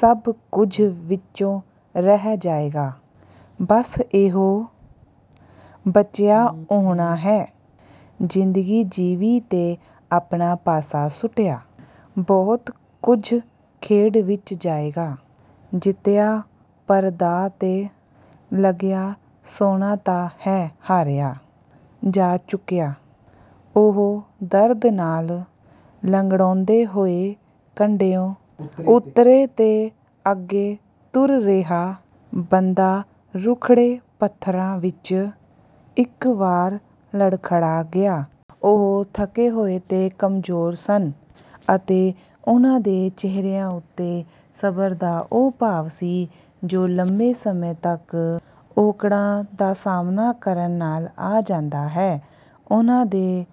ਸਭ ਕੁੱਝ ਵਿੱਚੋਂ ਰਹਿ ਜਾਏਗਾ, ਬਸ ਇਹੋ ਬਚਿਆ ਉਹਨਾਂ ਹੈ। ਜ਼ਿੰਦਗੀ ਜੀਵੀ ਤੇ ਆਪਣਾ ਪਾਸਾ ਸੁੱਟਿਆ। ਬਹੁਤ ਕੁੱਝ ਖੇਡ ਵਿੱਚ ਜਾਏਗਾ, ਜਿੱਤਿਆ; ਪਰ ਦਾਅ 'ਤੇ ਲੱਗਿਆ ਸੋਨਾ ਤਾਂ ਹੈ ਹਾਰਿਆ ਜਾ ਚੁੱਕਿਆ। ਉਹ ਦਰਦ ਨਾਲ਼ ਲੰਗੜਾਉਂਦੇ ਹੋਏ ਕੰਢਿਓਂ ਉੱਤਰੇ ਤੇ ਅੱਗੇ ਤੁਰ ਰਿਹਾ ਬੰਦਾ ਰੁੱਖੜੇ ਪੱਥਰਾਂ ਵਿੱਚ ਇੱਕ ਵਾਰ ਲੜਖੜਾ ਗਿਆ। ਉਹ ਥੱਕੇ ਹੋਏ ਤੇ ਕਮਜ਼ੋਰ ਸਨ ਅਤੇ ਉਨ੍ਹਾਂ ਦੇ ਚਿਹਰਿਆਂ ਉੱਤੇ ਸਬਰ ਦਾ ਉਹ ਭਾਵ ਸੀ, ਜੋ ਲੰਮੇ ਸਮੇਂ ਤੱਕ ਔਕੜਾਂ ਦਾ ਸਾਹਮਣਾ ਕਰਨ ਨਾਲ਼ ਆ ਜਾਂਦਾ ਹੈ। ਉਨ੍ਹਾਂ ਦੇ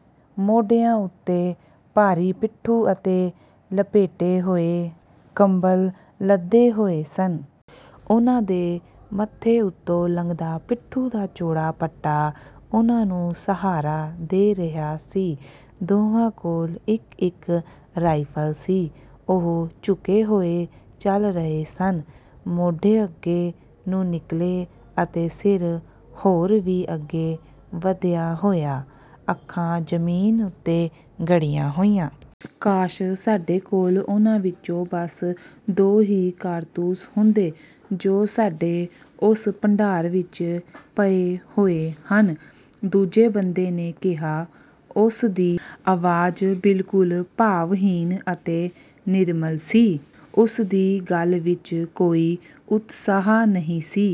ਮੋਢਿਆਂ ਉੱਤੇ ਭਾਰੀ ਪਿੱਠੂ ਅਤੇ ਲਪੇਟੇ ਹੋਏ ਕੰਬਲ਼ ਲੱਦੇ ਹੋਏ ਸਨ। ਉਨ੍ਹਾਂ ਦੇ ਮੱਥੇ ਉੱਤੋਂ ਲੰਘਦਾ ਪਿੱਠੂ ਦਾ ਚੌੜਾ ਪਟਾ ਉਹਨਾਂ ਨੂੰ ਸਹਾਰਾ ਦੇ ਰਿਹਾ ਸੀ। ਦੋਵਾਂ ਕੋਲ਼ ਇੱਕ-ਇੱਕ ਰਾਇਫਲ ਸੀ। ਉਹ ਝੁਕੇ ਹੋਏ ਚੱਲ ਰਹੇ ਸਨ; ਮੋਢੇ ਅੱਗੇ ਨੂੰ ਨਿੱਕਲ਼ੇ ਅਤੇ ਸਿਰ ਹੋਰ ਵੀ ਅੱਗੇ ਵਧਿਆ ਹੋਇਆ, ਅੱਖਾਂ ਜ਼ਮੀਨ ਉੱਤੇ ਗੱਡੀਆਂ ਹੋਈਆਂ। "ਕਾਸ਼ ਸਾਡੇ ਕੋਲ਼ ਉਨ੍ਹਾਂ ਵਿੱਚੋਂ ਬੱਸ ਦੋ ਹੀ ਕਾਰਤੂਸ ਹੁੰਦੇ, ਜੋ ਸਾਡੇ ਉਸ ਭੰਡਾਰ ਵਿੱਚ ਪਏ ਹੋਏ ਹਨ।" ਦੂਜੇ ਬੰਦੇ ਨੇ ਕਿਹਾ। ਉਸਦੀ ਅਵਾਜ਼ ਬਿਲਕੁਲ ਭਾਵਹੀਣ ਅਤੇ ਨੀਰਸ ਸੀ। ਉਸਦੀ ਗੱਲ ਵਿੱਚ ਕੋਈ ਉਤਸ਼ਾਹ ਨਹੀਂ ਸੀ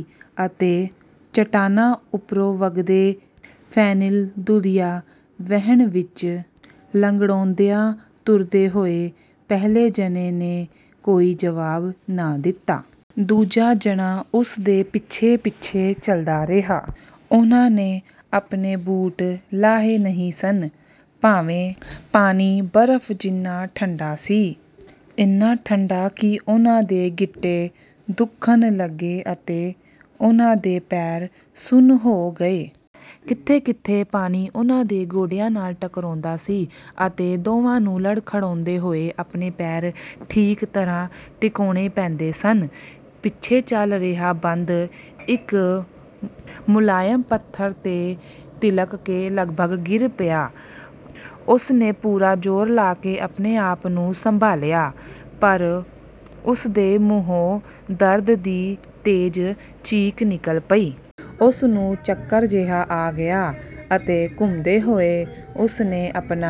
ਅਤੇ ਚੱਟਾਨਾਂ ਉੱਪਰੋਂ ਵਗਦੇ ਫੇਨਿਲ ਦੁਧੀਆ ਵਹਿਣ ਵਿੱਚ ਲੰਗੜਾਉਂਦਿਆਂ ਤੁਰਦੇ ਹੋਏ ਪਹਿਲੇ ਜਣੇ ਨੇ ਕੋਈ ਜਵਾਬ ਨਾ ਦਿੱਤਾ। ਦੂਜਾ ਜਣਾ ਉਸਦੇ ਪਿੱਛੇ-ਪਿੱਛੇ ਚੱਲਦਾ ਰਿਹਾ। ਉਨ੍ਹਾਂ ਨੇ ਆਪਣੇ ਬੂਟ ਲਾਹੇ ਨਹੀਂ ਸਨ, ਭਾਵੇਂ ਪਾਣੀ ਬਰਫ ਜਿਹਾ ਠੰਡਾ ਸੀ, ਇੰਨਾ ਠੰਡਾ ਕਿ ਉਨ੍ਹਾਂ ਦੇ ਗਿੱਟੇ ਦੁਖਣ ਲੱਗੇ ਅਤੇ ਉਨ੍ਹਾਂ ਦੇ ਪੈਰ ਸੁੰਨ ਹੋ ਗਏ। ਕਿਤੇ-ਕਿਤੇ ਪਾਣੀ ਉਨ੍ਹਾਂ ਦੇ ਗੋਡਿਆਂ ਨਾਲ਼ ਟਕਰਾਉਂਦਾ ਸੀ ਅਤੇ ਦੋਵਾਂ ਨੂੰ ਲੜਖੜਾਉਂਦੇ ਹੋਏ ਆਪਣੇ ਪੈਰ ਠੀਕ ਤਰ੍ਹਾਂ ਟਿਕਾਉਂਣੇ ਪੈਂਦੇ ਸਨ। ਪਿੱਛੇ ਚੱਲ ਰਿਹਾ ਬੰਦ ਇੱਕ ਮੁਲਾਇਮ ਪੱਥਰ 'ਤੇ ਤਿਲਕ ਕੇ ਲਗਭਗ ਡਿੱਗ ਪਿਆ; ਉਸਨੇ ਪੂਰਾ ਜ਼ੋਰ ਲਾ ਕੇ ਆਪਣੇ-ਆਪ ਨੂੰ ਸੰਭਾਲ਼ਿਆ, ਪਰ ਉਸਦੇ ਮੂੰਹੋਂ ਦਰਦ ਦੀ ਤੇਜ਼ ਚੀਖ ਨਿੱਕਲ਼ ਪਈ। ਉਸਨੂੰ ਚੱਕਰ ਜਿਹਾ ਆ ਗਿਆ ਅਤੇ ਘੁੰਮਦੇ ਹੋਏ ਉਸਨੇ ਆਪਣਾ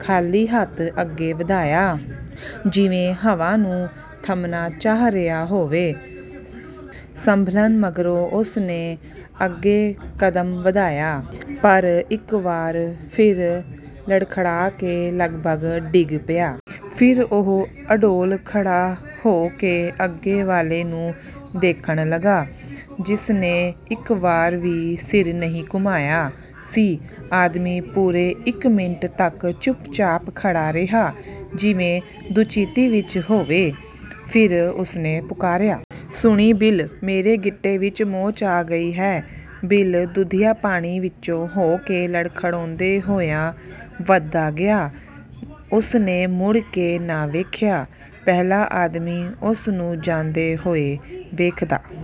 ਖਾਲੀ ਹੱਥ ਅੱਗੇ ਵਧਾਇਆ, ਜਿਵੇਂ ਹਵਾ ਨੂੰ ਥੰਮਣਾ ਚਾਹ ਰਿਹਾ ਹੋਵੇ। ਸੰਭਲਣ ਮਗਰੋਂ ਉਸਨੇ ਅੱਗੇ ਕਦਮ ਵਧਾਇਆ, ਪਰ ਇੱਕ ਵਾਰ ਫਿਰ ਲੜਖੜਾ ਕੇ ਲਗਭਗ ਡਿੱਗ ਪਿਆ। ਫਿਰ ਉਹ ਅਡੋਲ ਖੜਾ ਹੋ ਕੇ ਅੱਗੇ ਵਾਲ਼ੇ ਨੂੰ ਦੇਖਣ ਲੱਗਾ, ਜਿਸਨੇ ਇੱਕ ਵਾਰ ਵੀ ਸਿਰ ਨਹੀਂ ਘੁੰਮਾਇਆ ਸੀ। ਆਦਮੀ ਪੂਰੇ ਇੱਕ ਮਿੰਟ ਤੱਕ ਚੁੱਪਚਾਪ ਖੜਾ ਰਿਹਾ, ਜਿਵੇਂ ਦੁਚਿੱਤੀ ਵਿੱਚ ਹੋਵੇ। ਫਿਰ ਉਸਨੇ ਪੁਕਾਰਿਆ। "ਸੁਣੀਂ, ਬਿਲ, ਮੇਰੇ ਗਿੱਟੇ ਵਿੱਚ ਮੋਚ ਆ ਗਈ ਹੈ।" ਬਿਲ ਦੁਧੀਆ ਪਾਣੀ ਵਿੱਚੋਂ ਹੋ ਕੇ ਲੜਖੜਾਉਂਦਾ ਹੋਇਆ ਵਧਦਾ ਗਿਆ। ਉਸਨੇ ਮੁੜ ਕੇ ਨਾ ਵੇਖਿਆ। ਪਹਿਲਾ ਆਦਮੀ ਉਸਨੂੰ ਜਾਂਦੇ ਹੋਏ ਵੇਖਦਾ